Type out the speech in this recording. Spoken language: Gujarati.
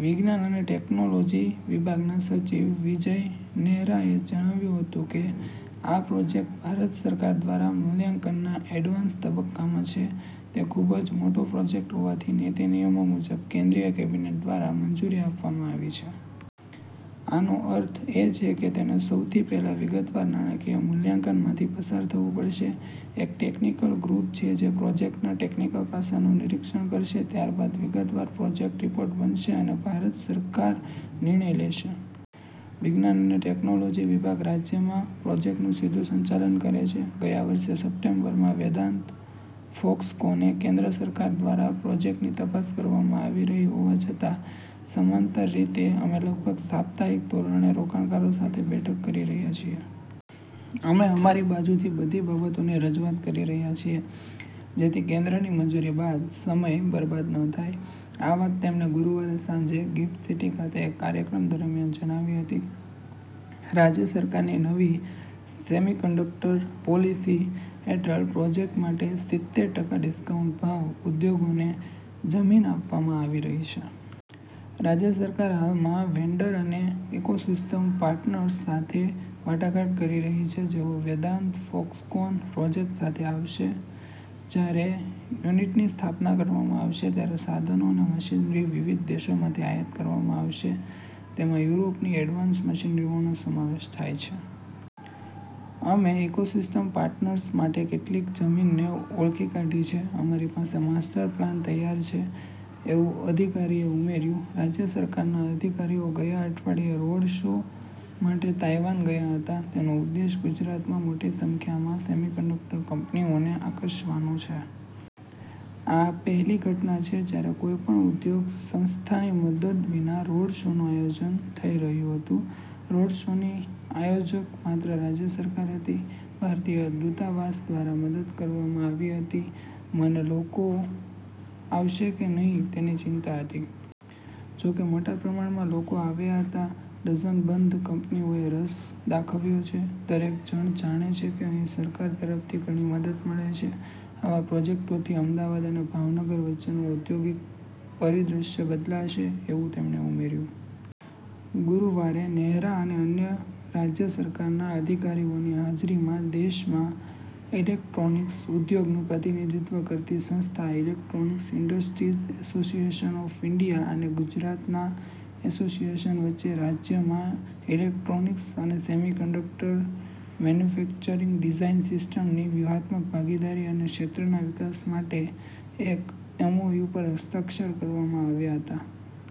વિજ્ઞાન અને ટેકનોલોજી વિભાગના સચિવ વિજય નેહરાએ જણાવ્યું હતું કે, "આ પ્રોજેક્ટ ભારત સરકાર દ્વારા મૂલ્યાંકનના એડવાન્સ તબક્કામાં છે. તે ખૂબ જ મોટો પ્રોજેક્ટ હોવાથી નીતિ-નિયમો મુજબ, કેન્દ્રીય કેબિનેટ દ્વારા મંજૂરી આપવામાં આવી છે. આનો અર્થ એ છે કે તેણે સૌથી પહેલા વિગતવાર નાણાકીય મૂલ્યાંકનમાંથી પસાર થવું પડશે. એક ટેકનિકલ ગ્રૂપ છે જે પ્રોજેક્ટના ટેકનિકલ પાસાનું નિરિક્ષણ કરશે. ત્યારબાદ વિગતવાર પ્રોજેક્ટ રિપોર્ટ બનશે અને ભારત સરકાર નિર્ણય લેશે." વિજ્ઞાન અને ટેકનોલોજી વિભાગ રાજ્યમાં પ્રોજેક્ટનું સીધું સંચાલન કરે છે. ગયા વર્ષે સપ્ટેમ્બરમાં વેદાંત- ફોક્સકોને કેન્દ્ર સરકાર દ્વારા પ્રોજેક્ટની તપાસ કરવામાં આવી રહી હોવા છતાં, સમાંતર રીતે, અમે લગભગ સાપ્તાહિક ધોરણે રોકાણકારો સાથે બેઠક કરી રહ્યા છીએ. અમે અમારી બાજુથી બધી બાબતોની રજૂઆત કરી રહ્યા છીએ, જેથી કેન્દ્રની મંજૂરી બાદ સમય બરબાદ ન થાય. આ વાત તેમણે ગુરુવારે સાંજે ગિફ્ટ સિટી ખાતે એક કાર્યક્રમ દરમિયાન જણાવી હતી. રાજ્ય સરકારની નવી 'સેમિકન્ડક્ટર પોલીસી' હેઠળ પ્રોજેક્ટ માટે સિત્તેર ટકા ડિસ્કાઉન્ટ ભાવ ઉદ્યોગોને જમીન આપવામાં આવી રહી છે. રાજ્ય સરકાર હાલમાં વેન્ડર અને ઇકોસિસ્ટમ પાર્ટનર્સ સાથે વાટાઘાટ કરી રહી છે જેઓ વેદાંત-ફોક્સકોન પ્રોજેક્ટ સાથે આવશે. "જ્યારે યુનિટની સ્થાપના કરવામાં આવશે, ત્યારે સાધનો અને મશીનરી વિવિધ દેશોમાંથી આયાત કરવામાં આવશે. તેમાં યુરોપની એડવાન્સ મશીનરીઓનો સમાવેશ થાય છે. અમે ઇકોસિસ્ટમ પાર્ટનર્સ માટે કેટલીક જમીનને ઓળખી કાઢી છે. અમારી પાસે માસ્ટર પ્લાન તૈયાર છે" એવું અધિકારીએ ઉમેર્યું. રાજ્ય સરકારના અધિકારીઓ ગયા અઠવાડિયે "રોડ શો" માટે તાઇવાન ગયા હતા. તેનો ઉદ્દેશ્ય ગુજરાતમાં મોટી સંખ્યામાં સેમિકન્ડક્ટર કંપનીઓને આકર્ષવાનો છે. "આ પહેલી ઘટના છે જ્યારે કોઈપણ ઉદ્યોગ સંસ્થાની મદદ વિના રોડ શોનું આયોજન થઇ રહ્યુ હતુ. રોડશોની આયોજક માત્ર રાજ્ય સરકાર હતી, ભારતીય દૂતાવાસ દ્વારા મદદ કરવામાં આવી હતી. મને લોકો આવશે કે નહીં તેની ચિંતા હતી. જોકે મોટા પ્રમાણમાં લોકો આવ્યા હતા. ડઝનબંધ કંપનીઓએ રસ દાખવ્યો છે. દરેક જણ જાણે છે કે અહીં સરકાર તરફથી ઘણી મદદ મળે છે. આવા પ્રોજેક્ટોથી અમદાવાદ અને ભાવનગર વચ્ચેનો ઔદ્યોગિક પરિદ્રશ્ય બદલાશે. " એવું તેમણે ઉમેર્યું. ગુરુવારે નેહરા અને અન્ય રાજ્ય સરકારના અધિકારીઓની હાજરીમાં દેશમાં ઇલેક્ટ્રોનિક્સ ઉદ્યોગનું પ્રતિનિધિત્વ કરતી સંસ્થા – electronic industries association of India – અને ગુજરાતના એસોસિએશન વચ્ચે રાજ્યમાં ઇલેક્ટ્રોનિક્સ અને સેમિકન્ડક્ટર મેન્યુફેક્ચરિંગ ડિઝાઇન સિસ્ટમ્સની વ્યૂહાત્મક ભાગીદારી અને ક્ષેત્રના વિકાસ માટે એક એમઓયુ પર હસ્તાક્ષર કરવામાં આવ્યા હતા.